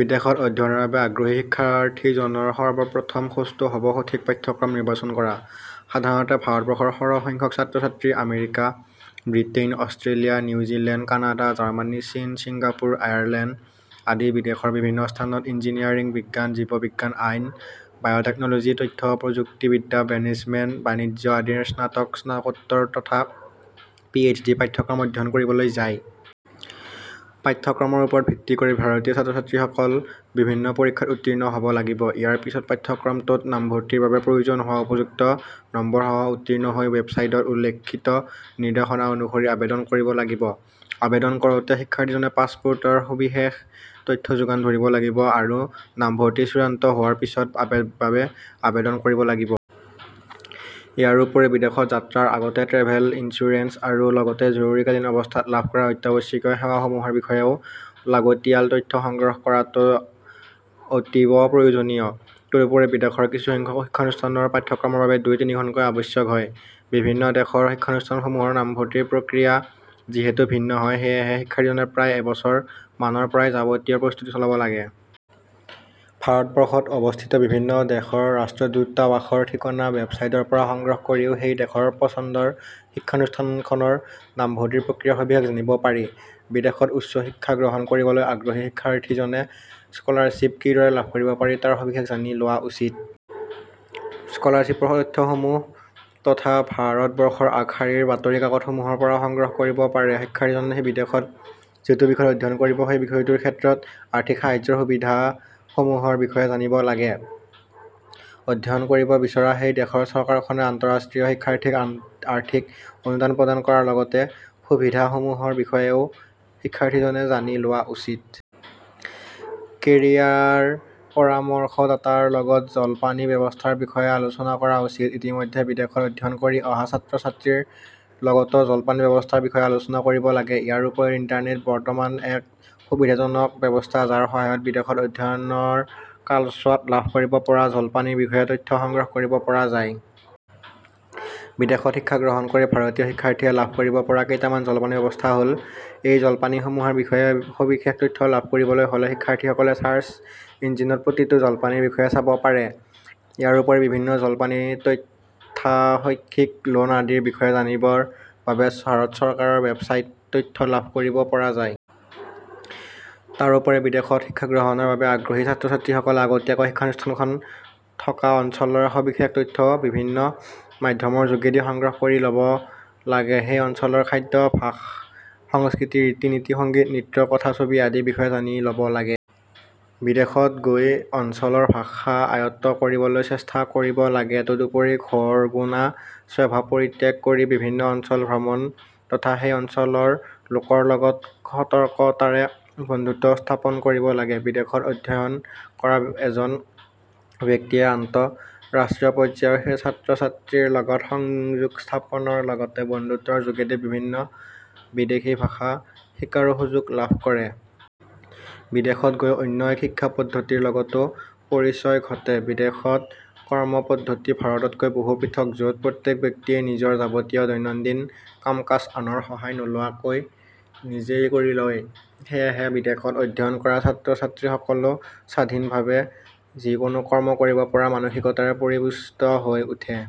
বিদেশত অধ্যয়নৰ বাবে আগ্ৰহী শিক্ষাৰ্থীজনৰ সৰ্বপ্ৰথম খোজটো হব সঠিক পাঠ্যক্ৰম নিৰ্বাচন কৰা। সাধাৰণতে ভাৰতবৰ্ষৰ সৰহ সংখ্যক ছাত্ৰছাত্ৰী America, Britain, Australia, New Zealand, Canada, Germany, চীন, চিংগাপুৰ, আয়াৰ লেণ্ড আদি বিদেশৰ বিভিন্ন স্থানত ইঞ্জীনিয়াৰিং, বিজ্ঞান, জীৱ বিজ্ঞান, আইন, বায়টেকনলজী, তথ্য প্ৰযুক্তিবিদ্যা, মেনেজমেণ্ট, বাণিজ্য আদিৰ স্নাতক, স্নাতকোত্তৰ তথা পি এইচ ডি পাঠ্যক্ৰম অধ্যয়ন কৰিবলৈ যায়। পাঠ্যক্ৰমৰ ওপৰত ভিত্তি কৰি ভাৰতীয় ছাত্ৰছাত্ৰীসকল বিভিন্ন পৰীক্ষাত উত্তীৰ্ণ হব লাগিব। ইয়াৰ পিছত পাঠ্যক্ৰমটোত নামভৰ্তিৰ বাবে প্ৰয়োজন হোৱা উপযুক্ত নম্বৰসহ উত্তীৰ্ণ হৈ ৱেবচাইটত উল্লেখিত নিৰ্দেশনা অনুসৰি আবেদন কৰিব লাগিব। আবেদন কৰোতে শিক্ষাৰ্থীজনে পাছপৰ্টৰ সবিশেষ তথ্য যোগান ধৰিব লাগিব আৰু নামভৰ্তি চূড়ান্ত হোৱাৰ পিছত আবে বাবে আবেদন কৰিব লাগিব। ইয়াৰোপৰি বিদেশ যাত্ৰাৰ আগতে ট্ৰেভেল ইঞ্চুৰেঞ্চ আৰু লগতে জৰুৰীকালীন অৱস্থাত লাভ কৰা অত্যাৱশ্যকীয় সেৱা সমূহৰ বিষয়েও লাগতীয়াল তথ্য সংগ্ৰহ কৰাটো অতীৱ প্ৰয়োজনীয়। তদুপৰি বিদেশৰ কিছুসংখ্যক শিক্ষানুষ্ঠানৰ পাঠ্যক্ৰমৰ বাবে দুই-তিনিখনকৈ আৱশ্যক হয়। বিভিন্ন দেশৰ শিক্ষানুষ্ঠান সমূহৰ নামভৰ্তি প্ৰক্ৰিয়া যিহেতু ভিন্ন হয়, সেয়েহে শিক্ষাৰ্থীজনে প্ৰায় এবছৰ মানৰ পৰাই যাৱতীয় প্ৰস্তুতি চলাব লাগে। ভাৰতবৰ্ষত অৱস্থিত বিভিন্ন দেশৰ ৰাষ্ট্ৰদূতাবাসৰ ঠিকনা ৱেবচাইটৰ পৰা সংগ্ৰহ কৰিও সেই দেশৰ পচন্দৰ শিক্ষানুষ্ঠানখনৰ নামভৰ্তিৰ প্ৰক্ৰিয়াৰ সবিশেষ জানিব পাৰি। বিদেশত উচ্চশিক্ষা গ্ৰহণ কৰিবলৈ আগ্ৰহী শিক্ষাৰ্থীজনে স্কলাৰশ্বিপ কিদৰে লাভ কৰিব পাৰি তাৰ সবিশেষ জানি লোৱা উচিত। স্কলাৰশ্বিপৰ তথ্যসমূহ তথা ভাৰতবৰ্ষৰ আগশাৰীৰ বাতৰি কাকতসমূহৰ পৰাও সংগ্ৰহ কৰিব পাৰে। শিক্ষাৰ্থীজনে বিদেশত যিটো বিষয়ত অধ্যয়ন কৰিব সেই বিষয়টোৰ ক্ষেত্ৰত আৰ্থিক সাহায্যৰ সুবিধা সমূহৰ বিষয়ে জানি লব লাগে। অধ্যয়ন কৰিব বিচৰা সেই দেশৰ চৰকাৰখনে আন্তঃৰাষ্ট্ৰীয় শিক্ষাৰ্থীক আৰ্থিক অনুদান প্ৰদান কৰাৰ সুবিধাসমূহৰ বিষয়েও শিক্ষাৰ্থীজনে জানি লোৱা উচিত। কেৰিয়াৰ পৰামৰ্শদাতাৰ লগত জলপানি ব্যৱস্থাৰ বিষয়ে আলোচনা কৰা উচিত। ইতিমধ্যে বিদেশত অধ্যয়ন কৰি অহা ছাত্ৰছাত্ৰীৰ লগতো জলপানি ব্যৱস্থাৰ বিষয়ে আলোচনা কৰিব লাগে। ইয়াৰোপৰি ইণ্টাৰনেট বৰ্তমান এক সুবিধাজনক ব্যৱস্থা যাৰ সহায়ত বিদেশত অধ্যয়নৰ কালছোৱাত লাভ কৰিব পৰা জলপানিৰ বিষয়ে তথ্য সংগ্ৰহ কৰিব পৰা যায়। বিদেশত শিক্ষাগ্ৰহণ কৰি ভাৰতীয় শিক্ষাৰ্থীয়ে লাভ কৰিব পৰা কেইটামান জলপানি ব্যৱস্থা হল। এই জলপানিসমূহৰ বিষয়ে সবিশেষ তথ্য লাভ কৰিবলৈ হলে শিক্ষাৰ্থীসকলে চাৰ্চ ইঞ্জিনত প্ৰতিটো জলপানিৰ বিষয়ে চাব পাৰে। ইয়াৰোপৰি বিভিন্ন জলপানি তথা শৈক্ষিক লোণ আদিৰ বিষয়ে জানিবৰ বাবে ভাৰত চৰকাৰৰ ৱেবচাইট তথ্য লাভ কৰিব পৰা যায়। তাৰোপৰি বিদেশত শিক্ষাগ্ৰহণৰ বাবে আগ্ৰহী ছাত্ৰছাত্ৰীসকলে আগতীয়াকৈ শিক্ষানুষ্ঠানখন থকা অঞ্চলৰ সবিশেষ তথ্য বিভিন্ন মাধ্যমৰ যোগেদি সংগ্ৰহ কৰি লব লাগে। সেই অঞ্চলৰ খাদ্য, ভাষ, সংস্কৃতি, ৰীতিনীতি, সংগীত, নৃত্য, কথাছবি আদিৰ বিষয়ে জানি লব লাগে। বিদেশত গৈ সেই অঞ্চলৰ ভাষা আয়ত্ত কৰিবলৈ চেষ্টা কৰিব লাগে। তদুপৰি ঘৰগোনা স্বভাৱ পৰিত্যাগ কৰি বিভিন্ন অঞ্চল ভ্ৰমণ তথা সেই অঞ্চলৰ লোকৰ লগত সতৰ্কতাৰে বন্ধুত্ব স্থাপন কৰিব লাগে। বিদেশত অধ্যয়ন কৰা এজন ব্যক্তিয়ে আন্তঃৰাষ্ট্ৰীয় পৰ্যায়ৰ ছাত্ৰছাত্ৰীৰ লগত সংযোগ স্থাপনৰ লগতে বন্ধুত্বৰ যোগেদি বিভিন্ন বিদেশী ভাষা শিকাৰো সুযোগ লাভ কৰে। বিদেশত গৈ অন্য এক শিক্ষা পদ্ধতিৰ লগতো পৰিচয় ঘটে। বিদেশত কৰ্ম পদ্ধতি ভাৰততকৈ বহুত পৃথক যত প্ৰত্যেক ব্যক্তিয়েই নিজৰ যাৱতীয় দৈন্যন্দিন কামকাজ আনৰ সহায় নোলোৱাকৈ নিজেই কৰি লয়। সেয়েহে বিদেশত অধ্যয়ন কৰা ছাত্ৰছাত্ৰী সকলো স্বাধীনভাৱে যিকোনো কৰ্ম কৰিব পৰা মানসিকতাৰে পৰিপুষ্ট হৈ উঠে।